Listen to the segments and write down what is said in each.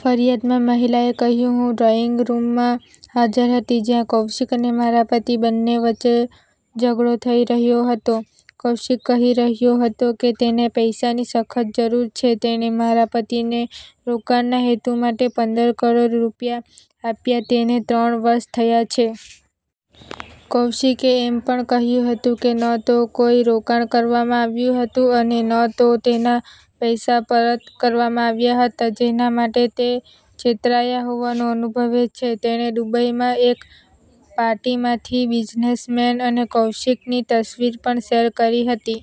ફરિયાદમાં મહિલાએ કહ્યું- હું ડ્રોઈંગ રૂમમાં હાજર હતી જ્યાં કૌશિક અને મારા પતિ બંને વચ્ચે ઝઘડો થઈ રહ્યો હતો. કૌશિક કહી રહ્યો હતો કે તેને પૈસાની સખત જરૂર છે. તેણે મારા પતિને રોકાણના હેતુ માટે પંદર કરોડ રૂપિયા આપ્યા તેને ત્રણ વર્ષ થયા છે. કૌશિકે એમ પણ કહ્યું હતું કે, ન તો કોઈ રોકાણ કરવામાં આવ્યું હતું અને ન તો તેના પૈસા પરત કરવામાં આવ્યા હતા, જેના માટે તે છેતરાયા હોવાનું અનુભવે છે. તેણે દુબઈમાં એક પાર્ટીમાંથી બિઝનેસમેન અને કૌશિકની તસવીર પણ શેર કરી હતી.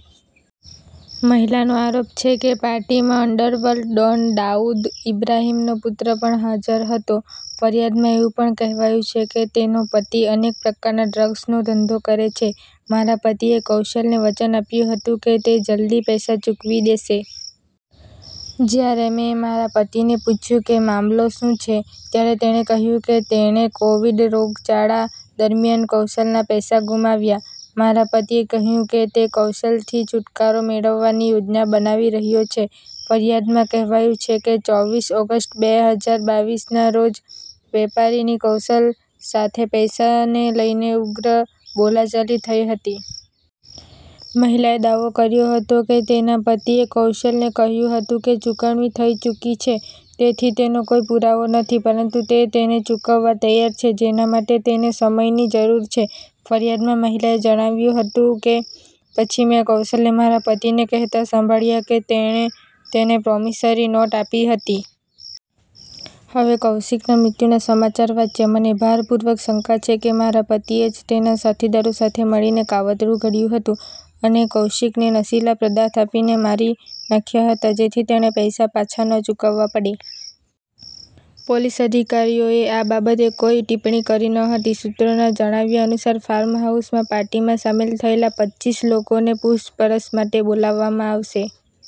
મહિલાનો આરોપ છે કે, પાર્ટીમાં અંડરવર્લ્ડ ડોન દાઉદ ઈબ્રાહિમનો પુત્ર પણ હાજર હતો. ફરિયાદમાં એવું પણ કહેવાયું છે કે, તેનો પતિ અનેક પ્રકારના ડ્રગ્સનો ધંધો કરે છે. મારા પતિએ કૌશિકને વચન આપ્યું હતું કે તે જલ્દી પૈસા ચૂકવી દેશે. જ્યારે મેં મારા પતિને પૂછ્યું કે મામલો શું છે, ત્યારે તેણે કહ્યું કે તેણે કોવિડ રોગચાળા દરમિયાન કૌશિકના પૈસા ગુમાવ્યા. મારા પતિએ કહ્યું કે તે કૌશિકથી છૂટકારો મેળવવાની યોજના બનાવી રહ્યો છે. ફરિયાદમાં કહેવાયું છે કે, ચોવીસ ઓગસ્ટ બે હજાર બાવીસના રોજ વેપારીની કૌશિક સાથે પૈસાને લઈને ઉગ્ર બોલાચાલી થઈ હતી. મહિલાએ દાવો કર્યો હતો કે તેના પતિએ કૌશિકને કહ્યું હતું કે ચૂકવણી થઈ ચૂકી છે, તેથી તેનો કોઈ પુરાવો નથી, પરંતુ તે તેને ચૂકવવા તૈયાર છે, જેના માટે તેને સમયની જરૂર છે. ફરિયાદમાં મહિલાએ જણાવ્યું હતું કે, "પછી મેં કૌશિકને મારા પતિને કહેતા સાંભળ્યા કે તેણે તેને પ્રોમિસરી નોટ આપી હતી. હવે કૌશિકના મૃત્યુના સમાચાર વાંચ્યા. મને ભારપૂર્વક શંકા છે કે મારા પતિએ જ તેના સાથીદારો સાથે મળીને કાવતરું ઘડ્યું હતું અને કૌશિકને નશીલા પદાર્થ આપીને મારી નાખ્યા હતા. જેથી તેણે પૈસા પાછા ન ચૂકવવા પડે. પોલીસ અધિકારીઓએ આ બાબતે કોઈ ટિપ્પણી કરી ન હતી. સૂત્રોના જણાવ્યા અનુસાર ફાર્મહાઉસમાં પાર્ટીમાં સામેલ થયેલા પચ્ચીસ લોકોને પૂછપરછ માટે બોલાવવામાં આવશે.